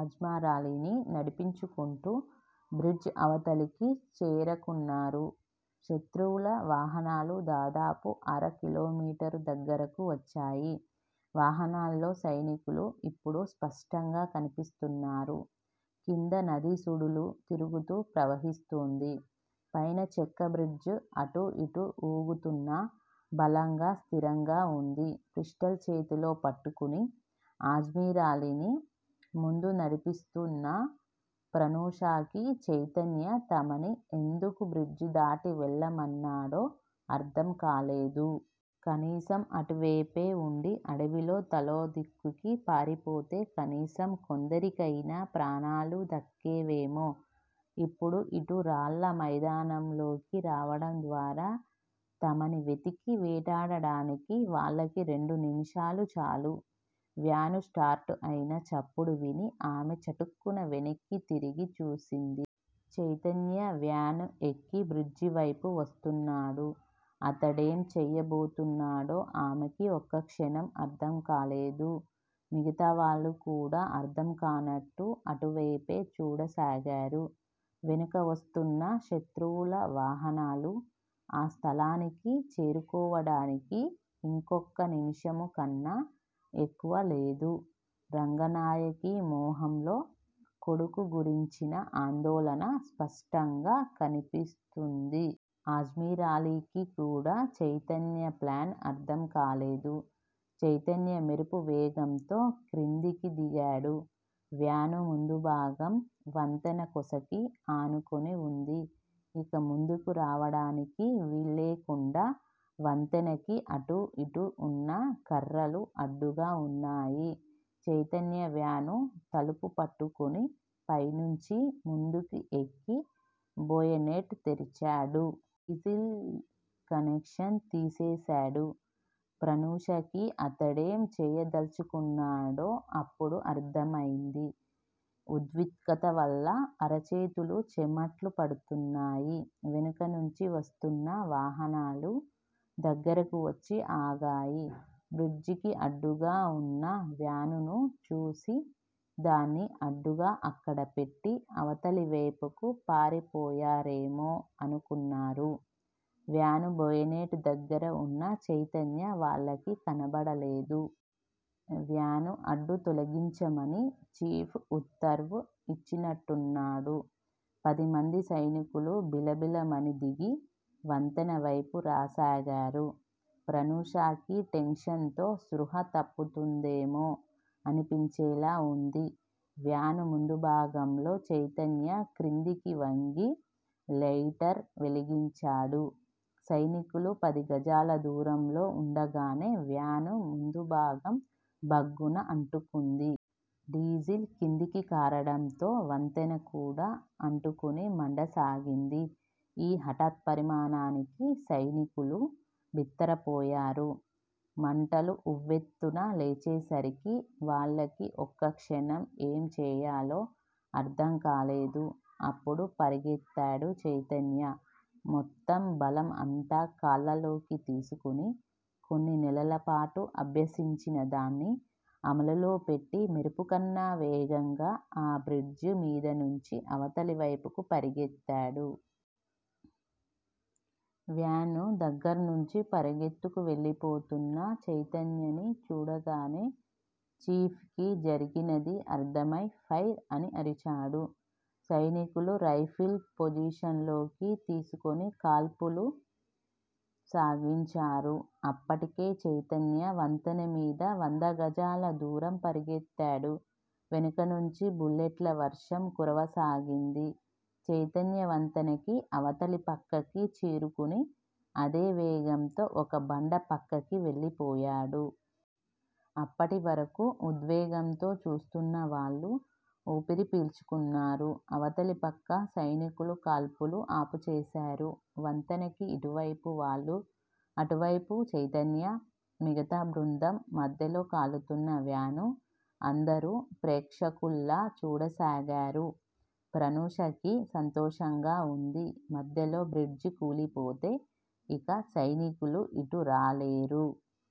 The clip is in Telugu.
అజ్మరాలీని నడిపించుకుంటూ బ్రిడ్జి అవతలికి చేరుకున్నారు. శత్రువుల వాహనాలు దాదాపు అరకిలోమీటరు దగ్గరకు వచ్చాయి. వాహనాల్లో సైనికులు ఇప్పుడు స్పష్టంగా కనిపిస్తున్నారు. క్రింద నది సుడులు తిరుగుతూ ప్రవహిస్తూంది. పైన చెక్కబ్రిడ్జి అటూ ఇటూ వూగుతున్నా, బలంగా స్థిరంగా వుంది. పిస్టల్ చేతిలో పట్టుకుని, అజ్మరాలీని ముందు నడిపిస్తూన్న ప్రనూషకి చైతన్య తమని ఎందుకు బ్రిడ్జి దాటి వెళ్ళమన్నాడో అర్ధంకాలేదు. కనీసం అటువైపే వుండి అడవిలో తలోదిక్కుకీ పారిపోతే కనీసం కొందరికయినా ప్రాణాలు దక్కేవేమో! ఇప్పుడు ఇటు రాళ్ళ మైదానంలోకి రావటం ద్వారా, తమని వెతికి వేటాడటానికి వాళ్ళకి రెండు నిముషాలు చాలు. వ్యాను స్టార్ట్ అయిన చప్పుడు విని ఆమె చటుక్కున వెనక్కి తిరిగి చూసింది. చైతన్య వ్యాను ఎక్కి బ్రిడ్జివైపు వస్తున్నాడు. అతడేం చేయబోతున్నాడో ఆమెకి ఒక్కక్షణం అర్ధంకాలేదు. మిగతావాళ్ళు కూడా అర్ధంకానట్టు అటువైపే చూడసాగారు. వెనుక వస్తున్న శత్రువుల వాహనాలు ఆ స్థలానికి చేరుకోవడానికి ఇంకొక్క నిమిషంకన్నా ఎక్కువ లేదు. రంగనాయకి మొహంలో కొడుకు గురించిన ఆందోళన స్పష్టంగా కనిపిస్తూంది. అజ్మరాలీకి కూడా చైతన్య ప్లాన్ అర్ధంకాలేదు. చైతన్య మెరుపు వేగంతో క్రిందికి దిగాడు. వ్యాను ముందుభాగం వంతెన కొసకి ఆనుకుని వుంది. ఇక ముందుకు రావడానికి వీల్లేకుండా వంతెనకి అటూ ఇటూ వున్న కర్రలు అడ్డుగా వున్నాయి. చైతన్య వ్యాన్ తలుపు పట్టుకుని పైనుంచి ముందుకి ఎక్కి బోయెనెట్ తెరిచాడు. డీసిల్ కనెక్షన్ తీసేశాడు. ప్రనూషకి అతడేం చేయదల్చుకున్నాడో అప్పుడు అర్ధమైంది. ఉద్విగతవల్ల అరచేతులు చెమట్లు పడుతున్నాయి. వెనుక నుంచి వస్తూన్న వాహనాలు దగ్గరగా వచ్చి ఆగాయి. బ్రిడ్జికి అడ్డుగా వున్న వ్యానును చూసి, దాన్ని అడ్డుగా అక్కడ పెట్టి అవతలివైపుకు పారిపోయారేమో అనుకున్నారు. వ్యాను బోయెనెట్ దగ్గర వున్న చైతన్య వాళ్ళకి కనపడలేదు. వ్యాను అడ్డు తొలగించమని 'చీఫ్' ఉత్తర్వు యిచ్చినట్టున్నాడు. పదిమంది సైనికులు బిలబిలమని దిగి, వంతెనవైపు రాసాగారు. ప్రనూషకి టెన్షన్ తో స్పృహ తప్పుతుందేమో అనిపించేలా వుంది. వ్యాను ముందుభాగంలో చైతన్య క్రిందికి వంగి లైటర్ వెలిగించాడు. సైనికులు పది గజాల దూరంలో వుండగానే వ్యాను ముందుభాగం భగ్గున అంటుకుంది. డీసిల్ క్రిందికి కారటంతో వంతెన కూడా అంటుకుని మండసాగింది. ఈ హఠాత్పరిణామానికి సైనికులు బిత్తరపోయారు. మంటలు ఉవ్వెత్తున లేచేసరికి వాళ్ళకి ఒక్కక్షణం ఏం చేయాలో అర్ధంకాలేదు. అప్పుడు పరుగెత్తాడు చైతన్య మొత్తం బలం అంతా కాళ్ళలోకి తీసుకుని కొన్ని నెలలపాటు అభ్యసించిన దాన్ని అమలులో పెట్టి మెరుపుకన్నా వేగంగా ఆ బ్రిడ్జి మీదనుంచి అవతలివైపుకి పరుగెత్తాడు. వ్యాను దగ్గర్నుంచి పరుగెత్తుకు వెళ్ళిపోతున్న చైతన్యని చూడగానే 'చీఫ్' కి జరిగినది అర్ధమై ఫైర్ అని అరిచాడు. సైనికులు రైఫిల్స్ పొజిషన్ లోకి తీసుకుని కాల్పులు సాగించారు. అప్పటికే చైతన్య వంతెన మీద వందగజాల దూరం పరుగెత్తాడు. వెనుకనుంచి బుల్లెట్ల వర్షం కురవసాగింది. చైతన్య వంతెనకి అవతలి పక్కకి చేరుకుని, అదే వేగంతో ఒక బండ పక్కకి వెళ్ళిపోయాడు. అప్పటివరకూ ఉద్వేగంతో చూస్తున్న వాళ్ళు ఊపిరి పీల్చుకున్నారు. అవతలిపక్క సైనికులు కాల్పులు ఆపుచేశారు. వంతెనకి ఇటువైపు వాళ్ళు, అటువైపు చైతన్యా, మిగతా బృందం మధ్యలో కాలుతున్న వ్యాను అందరూ ప్రేక్షకుల్లా చూడసాగారు. ప్రనూషకి సంతోషంగా వుంది. మధ్యలో బ్రిడ్జి కూలిపోతే ఇక సైనికులు ఇటు రాలేరు.